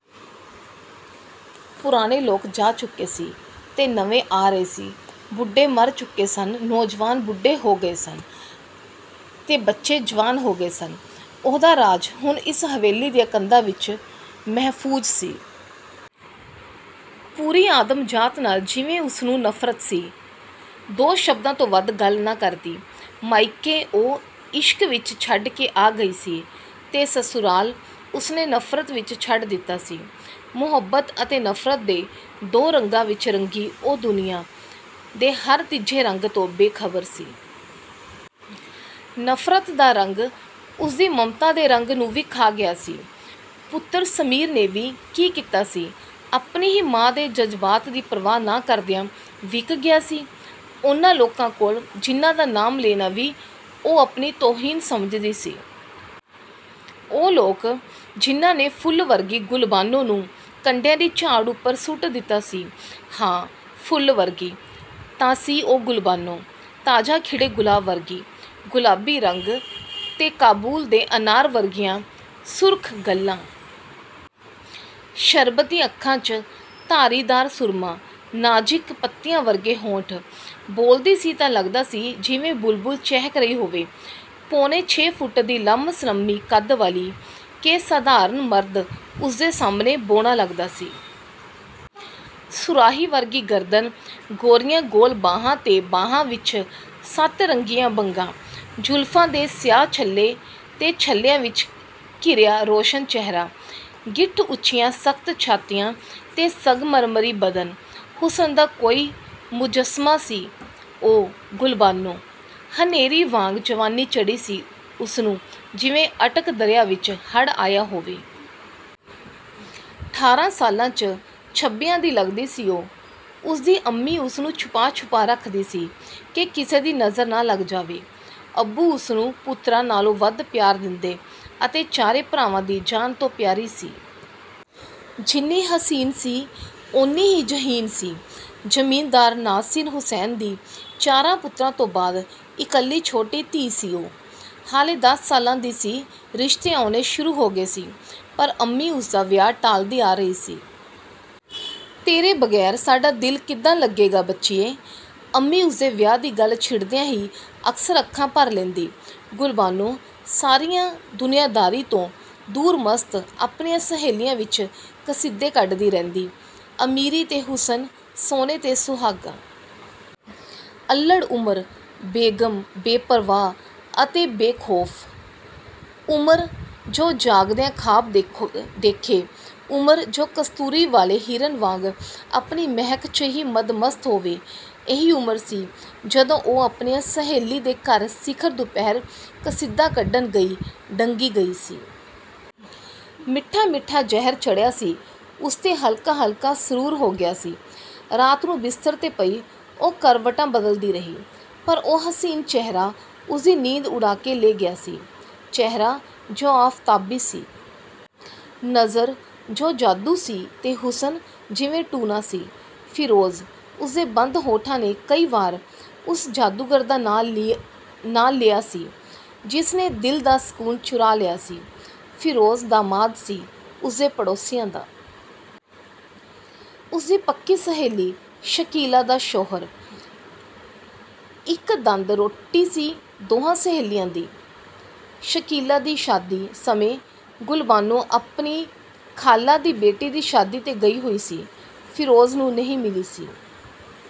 ਪੁਰਾਣੇ ਲੋਕ ਜਾ ਚੁੱਕੇ ਸੀ ਤੇ ਨਵੇਂ ਆ ਰਹੇ ਸੀ। ਬੁੱਢੇ ਮਰ ਚੁੱਕੇ ਸਨ। ਨੌਜਵਾਨ ਬੁੱਢੇ ਹੋ ਗਏ ਸਨ ਤੇ ਬੱਚੇ ਜਵਾਨ ਹੋ ਗਏ ਸਨ। ੳਹਦਾ ਰਾਜ਼ ਹੁਣ ਇਸ ਹਵੇਲੀ ਦੀਆ ਕੰਧਾਂ ਵਿੱਚ ਮਹਿਫੂਜ਼ ਸੀ। ਪੂਰੀ ਆਦਮਜ਼ਾਤ ਨਾਲ ਜਿਵੇਂ ਉਸਨੂੰ ਨਫ਼ਰਤ ਸੀ। ਦੋ ਸ਼ਬਦਾ ਤੋਂ ਵੱਧ ਗੱਲ ਨਾ ਕਰਦੀ। ਮਾਇਕੇ ਉਹ, ਇਸ਼ਕ ਵਿੱਚ ਛੱਡ ਕੇ ਆ ਗਈ ਸੀ ਤੇ ਸਸੁਰਾਲ ਉਸਨੇ ਨਫ਼ਰਤ ਵਿੱਚ ਛੱਡ ਦਿਤਾ ਸੀ। ਮੁਹੱਬਤ ਅਤੇ ਨਫ਼ਰਤ ਦੇ ਦੋ ਰੰਗਾਂ ਵਿੱਚ ਰੰਗੀ ਉਹ ਦੁਨੀਆ ਦੇ ਹਰ ਤੀਜੇ ਰੰਗ ਤੋ ਬੇਖ਼ਬਰ ਸੀ। ਨਫ਼ਰਤ ਦਾ ਰੰਗ ਉਸਦੀ ਮਮਤਾ ਦੇ ਰੰਗ ਨੂੰ ਵੀ ਖਾ ਗਿਆ ਸੀ। ਪੁੱਤਰ ਸ਼ਮੀਰ ਨੇ ਵੀ ਕੀ ਕੀਤਾ ਸੀ…? ਆਪਣੀ ਹੀ ਮਾਂ ਦੇ ਜਜ਼ਬਾਤ ਦੀ ਪ੍ਰਵਾਹ ਨਾ ਕਰਦਿਆਂ ਵਿਕ ਗਿਆ ਸੀ। ਉਨ੍ਹਾਂ ਲੋਕਾਂ ਕੋਲ, ਜਿੰਨ੍ਹਾਂ ਦਾ ਨਾਮ ਲੈਣਾ ਵੀ ਉਹ ਆਪਣੀ ਤੌਹੀਨ ਸਮਝਦੀ ਸੀ। ਉਹ ਲੋਕ ਜਿੰਨ੍ਹਾਂ ਨੇ ਫੁੱਲ ਵਰਗੀ "ਗੁਲਬਾਨੋ"ਨੂੰ ਕੰਡਿਆਂ ਦੀ ਝਾੜ ਉਪਰ ਸੁੱਟ ਦਿਤਾ ਸੀ। ਹਾਂ ਫੁੱਲ ਵਰਗੀ ਤਾਂ ਸੀ ਉਹ ਗੁਲਬਾਨੋ….. ਤਾਜ਼ਾ ਖਿੜ੍ਹੇ ਗੁਲਾਬ ਵਰਗੀ। ਗੁਲਾਬੀ ਰੰਗ ਤੇ ਕਾਬੁਲ ਦੇ ਅਨਾਰ ਵਰਗੀਆ ਸ਼ੁੱਰਖ ਗਲ੍ਹਾਂ। ਸ਼ਰਬਤੀ ਅੱਖਾਂ 'ਚ ਧਾਰੀਦਾਰ ਸ਼ੁਰਮਾ। ਨਾਜ਼ਿਕ ਪੱਤੀਆ ਵਰਗੇ ਹੋਂਠ। ਬੋਲਦੀ ਸੀ ਤਾਂ ਲਗਦਾ ਸੀ ਜਿਵੇਂ ਬੁਲਬੁਲ ਚਹਿਕ ਰਹੀ ਹੋਵੇ। ਪੌਣੇ ਛੇ ਫੁੱਟ ਦੀ ਲੰਮ-ਸਲੰਮੀ ਕੱਦ ਵਾਲੀ ਕਿ ਸਧਾਰਣ ਮਰਦ ਉੁਸਦੇ ਸਾਹਮਣੇ ਬੌਣਾ ਲੱਗਦਾ ਸੀ। ਸੁਰਾਹੀ ਵਰਗੀ ਗਰਦਨ, ਗੋਰੀਆ ਗੋਲ ਬਾਹਾਂ ਤੇ ਬਾਹਾਂ ਵਿੱਚ ਸੱਤ-ਰੰਗੀਆਂ ਬੰਗਾਂ। ਜ਼ੁਲਫਾਂ ਦੇ ਸਿਆਹ ਛੱਲੇ ਤੇ ਛੱਲਿਆਂ, ਚ' ਘਿਰਿਆ ਰੋਸ਼ਨ ਚਿਹਰਾ। ਗਿੱਠ ਉਚੀਆ ਸਖਤ ਛਾਤੀਆ ਤੇ ਸੰਗਮਰਮਰੀ ਬਦਨ। ਹੁਸਨ ਦਾ ਕੋਈ ਮੁਜ਼ੱਸਮਾ ਸੀ ਉਹ ਗੁਲਬਾਨੋ… ਹਨੇਰੀ ਵਾਂਗ ਜਵਾਨੀ ਚੜ੍ਹੀ ਸੀ ਉਸਨੂੰ ਜਿਵੇਂ ਅਟਕ ਦਰਿਆ ਵਿੱਚ ਹੜ੍ਹ ਆਇਆ ਹੋਵੇ। ਠਾਰਾ ਸਾਲਾਂ, ਚ' ਛੱਬੀਆ ਦੀ ਲੱਗਦੀ ਸੀ ਉਹ। ਉਸਦੀ ਅੰਮੀ ਉਸਨੂੰ ਛੁਪਾ-ਛੁਪਾ ਰੱਖਦੀ ਸੀ ਕਿ ਕਿਸੇ ਦੀ ਨਜ਼ਰ ਨਾ ਲੱਗ ਜਾਵੇ। ਅੱਬੂ ਉਸਨੂੰ ਪੁੱਤਰਾ ਨਾਲੋ ਵੱਧ ਪਿਆਰ ਦਿੰਦੇ ਅਤੇ ਚਾਰੇ ਭਰਾਵਾਂ ਦੀ ਜਾਨ ਤੋਂ ਪਿਆਰੀ ਸੀ। ਜਿੰਨੀ ਹਸੀਨ ਸੀ ਉਨ੍ਹੀ ਹੀ ਜ਼ਹੀਨ ਸੀ। ਜ਼ਮੀਨਦਾਰ ਨਾਸਿਰ ਹੁਸੈਨ ਦੀ ਚਾਰਾ ਪੁੱਤਰਾ ਤੋ ਬਾਅਦ ਇੱਕਲੀ ਛੋਟੀ ਧੀ ਸੀ ਉਹ। ਹਾਲੇ ਦਸ ਸਾਲਾਂ ਦੀ ਸੀ ਰਿਸ਼ਤੇ ਆਉਣੇ ਸ਼ੁਰੂ ਹੋ ਗਏ ਸੀ। ਪਰ ਅੰਮੀ ਉਸਦਾ ਵਿਆਹ ਟਾਲਦੀ ਆ ਰਹੀ ਸੀ। "ਤੇਰੇ ਬਗੈਰ ਸਾਡਾ ਦਿਲ ਕਿੱਦਾ ਲੱਗੇਗਾ ਬੱਚੀਏ"ਅੰਮੀ ਉਸਦੇ ਵਿਆਹ ਦੀ ਗੱਲ ਛਿੜਦਿਆਂ ਹੀ ਅਕਸਰ ਅੱਖਾਂ ਭਰ ਲੈਦੀ। ਗੁਲਬਾਨੋ, ਸਾਰੀਆ ਦੁਨੀਆਦਾਰੀ ਤੋਂ ਦੂਰ ਮਸਤ ਆਪਣੀਆ ਸਹੇਲੀਆਂ ਵਿੱਚ ਕਸੀਦੇ ਕੱਢਦੀ ਰਹਿੰਦੀ। ਅਮੀਰੀ ਤੇ ਹੁਸਨ, ਸੋਨੇ ਤੇ ਸੁਹਾਗਾ। ਅਲੜ੍ਹ ਉਮਰ, ਬੇਗਮ, ਬੇਪ੍ਰਵਾਹ ਅਤੇ ਬੇਖੌਫ। ਉਮਰ, ਜੋ ਜਾਗਦਿਆ ਖਾਬ ਦੇਖੇ.. ਉਮਰ, ਜੋ ਕਸਤੂਰੀ ਵਾਲੇ ਹਿਰਨ ਵਾਂਗ ਆਪਣੀ ਮਹਿਕ, ਚ' ਹੀ ਮਦਮਸਤ ਹੋਵੇ। ਇਹੀ ਉਮਰ ਸੀ ਜਦੋਂ ਉਹ ਆਪਣੀ ਸਹੇਲੀ ਦੇ ਘਰ ਸਿੱਖਰ ਦੁਪਿਹਰ ਕਸੀਦਾ ਕੱਢਣ ਗਈ ਡੰਗੀ ਗਈ ਸੀ। ਮਿੱਠਾ-ਮਿਠਾ ਜ਼ਹਿਰ ਚੜ੍ਹਿਆ ਸੀ ਉਸ ਤੇ ਹਲਕਾ-ਹਲਕਾ ਸਰੂਰ ਹੋ ਗਿਆ ਸੀ। ਰਾਤ ਨੂੰ ਬਿਸਤਰ ਤੇ ਪਈ ਉਹ ਕਰਵਟਾਂ ਬਦਲਦੀ ਰਹੀ। ਪਰ ਉਹ ਹੁਸੀਨ ਚਿਹਰਾ ਉਸਦੀ ਨੀਂਦ ਉੜਾ ਕੇ ਲੈ ਗਿਆ ਸੀ। ਚਿਹਰਾ ਜੋ ਆਫ਼ਤਾਬੀ ਸੀ। ਨਜ਼ਰ, ਜੋ ਜਾਦੂ ਸੀ ਤੇ ਹੁਸਨ, ਜਿਵੇ ਟੂਣਾ ਸੀ। "ਫਿਰੋਜ਼"… ਉਸਦੇ ਬੰਦ ਹੋਠਾਂ ਨੇ ਕਈ ਵਾਰ ਉਸ ਯਾਦੂਗਰ ਦਾ ਨਾਂ ਲਿਆ ਸੀ, ਜਿਸ ਨੇ ਦਿਲ ਦਾ ਸਕੂਨ ਚੁਰਾ ਲਿਆ ਸੀ। ਫਿਰੋਜ਼ ਦਾਮਾਦ ਸੀ ਉਸਦੇ ਪੜੌਸੀਆਂ ਦਾ। ਉਸਦੀ ਪੱਕੀ ਸਹੇਲੀ ਸ਼ਕੀਲਾ ਦਾ ਸ਼ੌਹਰ। ਇੱਕ ਦੰਦ ਰੋਟੀ ਸੀ ਦੋਹਾਂ ਸਹੇਲੀਆ ਦੀ। ਸ਼ਕੀਲਾ ਦੀ ਸ਼ਾਦੀ ਸਮੇਂ ਗੁਲਬਾਨੋ ਆਪਣੀ ਖਾਲਾਂ ਦੀ ਬੇਟੀ ਦੀ ਸ਼ਾਦੀ ਤੇ ਗਈ ਹੋਈ ਸੀ, ਫਿਰੋਜ਼ ਨੂੰ ਨਹੀ ਮਿਲੀ ਸੀ।